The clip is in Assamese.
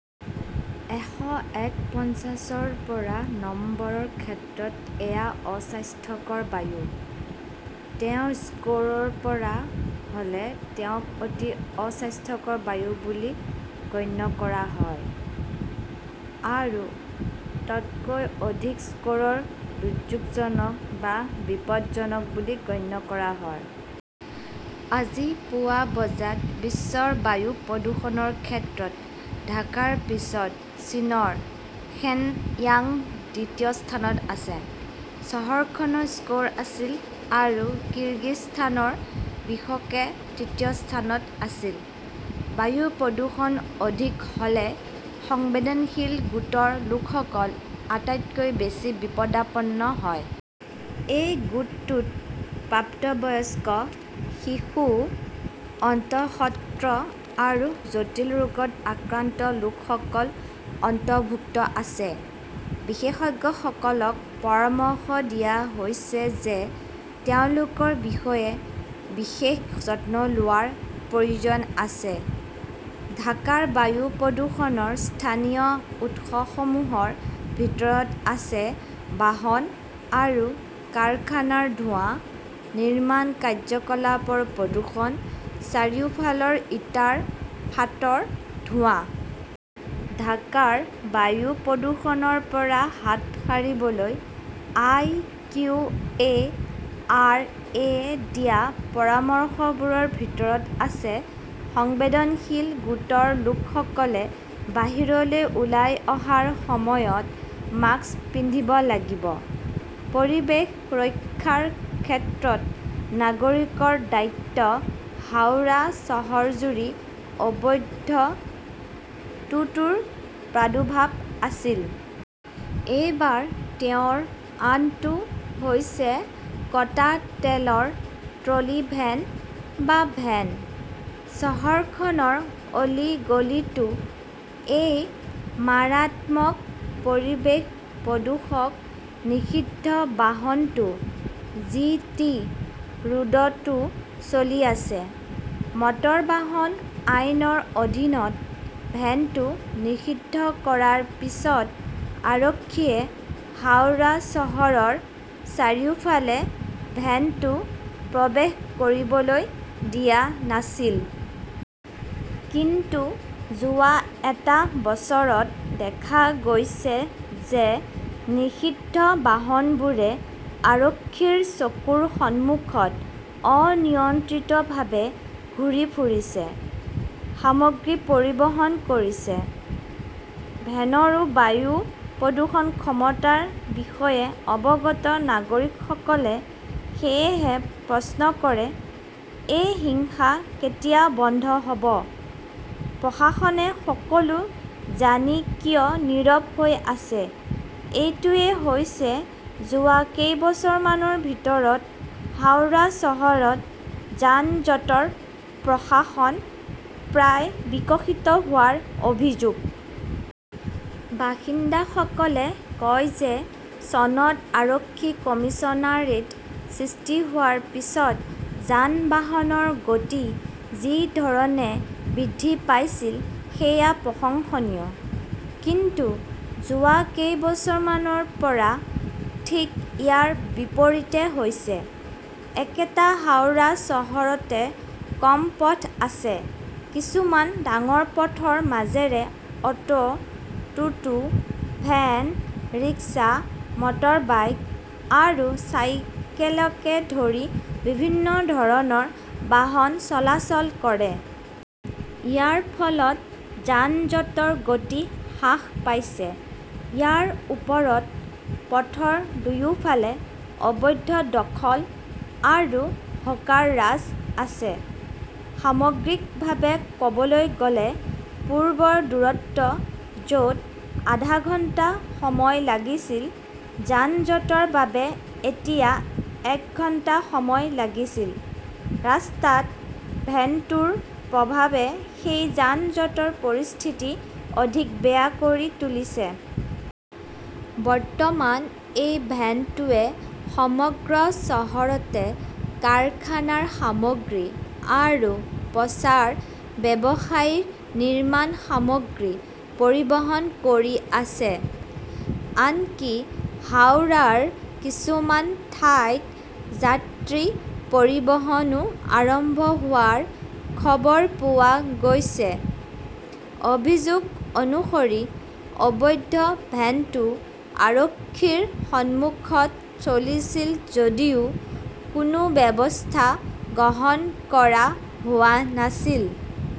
এশ একপঞ্চাশ ৰ পৰা নম্বৰৰ ক্ষেত্ৰত এয়া অস্বাস্থ্যকৰ বায়ু। তেওঁৰ স্ক'ৰ ৰ পৰা হ'লে তেওঁক অতি অস্বাস্থ্যকৰ বায়ু বুলি গণ্য কৰা হয়। আৰু তকৈ অধিক স্ক’ৰৰক দুৰ্যোগজনক বা বিপদজনক বুলি গণ্য কৰা হয়। আজি পুৱা বজাত বিশ্বৰ বায়ু প্ৰদূষণৰ ক্ষেত্ৰত ঢাকাৰ পিছত চীনৰ শেনয়াং দ্বিতীয় স্থানত আছে। চহৰখনৰ স্ক’ৰ আছিল আৰু কিৰগিজস্তানৰ বিশকে তৃতীয় স্থানত আছিল। বায়ু প্ৰদূষণ অধিক হ’লে সংবেদনশীল গোটৰ লোকসকল আটাইতকৈ বেছি বিপদাপন্ন হয়। এই গোটটোত প্ৰাপ্তবয়স্ক, শিশু, অন্তঃসত্ত্ৰ আৰু জটিল ৰোগত আক্ৰান্ত লোকসকল অন্তৰ্ভুক্ত আছে। বিশেষজ্ঞসকলক পৰামৰ্শ দিয়া হৈছে যে তেওঁলোকৰ বিষয়ে বিশেষ যত্ন লোৱাৰ প্ৰয়োজন আছে। ঢাকাৰ বায়ু প্ৰদূষণৰ স্থানীয় উৎসসমূহৰ ভিতৰত আছে বাহন আৰু কাৰখানাৰ ধোঁৱা, নিৰ্মাণ কাৰ্যকলাপৰ প্ৰদূষণ, চাৰিওফালৰ ইটাৰ ফাঁটৰ ধোঁৱা। ঢাকাৰ বায়ু প্ৰদূষণৰ পৰা হাত সাৰিবলৈ আই. কিউ. এ. আৰ. এ দিয়া পৰামৰ্শবোৰৰ ভিতৰত আছে, সংবেদনশীল গোটৰ লোকসকলে বাহিৰলৈ ওলাই অহাৰ সময়ত মাস্ক পিন্ধিব লাগিব। পৰিৱেশ সুৰক্ষাৰ ক্ষেত্ৰত নাগৰিকৰ দায়িত্ব হাওৰা চহৰজুৰি অবৈধ টোটোৰ প্ৰাদুৰ্ভাৱ আছিল। এইবাৰ তেওঁৰ আনটো হৈছে কটা তেলৰ ট্ৰলি ভেন বা ভেন। চহৰখনৰ অলিগলীতো এই মাৰাত্মক পৰিৱেশ প্ৰদূষক নিষিদ্ধ বাহনটো জিটি ৰোডতো চলি আছে। মটৰ বাহন আইনৰ অধীনত ভেনটো নিষিদ্ধ কৰাৰ পিছত আৰক্ষীয়ে হাওড়া চহৰৰ চাৰিওফালে ভেনটো প্ৰৱেশ কৰিবলৈ দিয়া নাছিল। কিন্তু যোৱা এটা বছৰত দেখা গৈছে যে নিষিদ্ধ বাহনবোৰে আৰক্ষীৰ চকুৰ সন্মুখত অনিয়ন্ত্ৰিতভাৱে ঘূৰি ফুৰিছে, সামগ্ৰী পৰিবহণ কৰিছে। ভেন 'ৰ বায়ু প্ৰদূষণ ক্ষমতাৰ বিষয়ে অৱগত নাগৰিকসকলে সেয়েহে প্ৰশ্ন কৰে, এই হিংসা কেতিয়া বন্ধ হ'ব প্ৰশাসনে সকলো জানি কিয় নীৰৱ হৈ আছে এইটোৱেই হৈছে যোৱা কেইবছৰমানৰ ভিতৰত হাওৰা চহৰত যান-জঁটৰ প্ৰশাসন প্ৰায় বিকশিত হোৱাৰ অভিযোগ। বাসিন্দাসকলে কয় যে চনত আৰক্ষী কমিছনাৰেট সৃষ্টি হোৱাৰ পিছত যান-বাহনৰ গতি যি ধৰণে বৃদ্ধি পাইছিল সেয়া প্ৰশংসনীয়। কিন্তু যোৱা কেইবছৰমানৰ পৰা ঠিক ইয়াৰ বিপৰীতে হৈছে। একেটা হাওৰা চহৰতে কম পথ আছে। কিছুমান ডাঙৰ পথৰ মাজেৰে অটো, টোটো, ভেন, ৰিক্সা, মটৰবাইক আৰু চাইকেলকে ধৰি বিভিন্ন ধৰণৰ বাহন চলাচল কৰে। ইয়াৰ ফলত যান-জঁটৰ গতি হ্ৰাস পাইছে। ইয়াৰ ওপৰত পথৰ দুয়োফালে অবৈধ দখল আৰু হকাৰ-ৰাজ আছে। সামগ্ৰিকভাৱে ক’বলৈ গ’লে, পূৰ্বৰ দূৰত্ব য’ত আধা ঘণ্টা সময় লাগিছিল, যান-জঁটৰ বাবে এতিয়া এক ঘণ্টা সময় লাগিছিল। ৰাস্তাত ভেন টোৰ প্ৰভাৱে সেই যান-জঁটৰ পৰিস্থিতি অধিক বেয়া কৰি তুলিছে। বৰ্তমান এই ভেন "টোৱে সমগ্ৰ চহৰতে কাৰখানাৰ সামগ্ৰী আৰু প্ৰচাৰ ব্যৱসায়ৰ নিৰ্মাণ সামগ্ৰী পৰিবহণ কৰি আছে। আনকি হাওৰাৰ কিছুমান ঠাইত যাত্ৰী পৰিবহণও আৰম্ভ হোৱাৰ খবৰ পোৱা গৈছে। অভিযোগ অনুসৰি, অবৈধ ভেনটো আৰক্ষীৰ সন্মুখত চলিছিল যদিও কোনো ব্যৱস্থা গ্ৰহণ কৰা হোৱা নাছিল।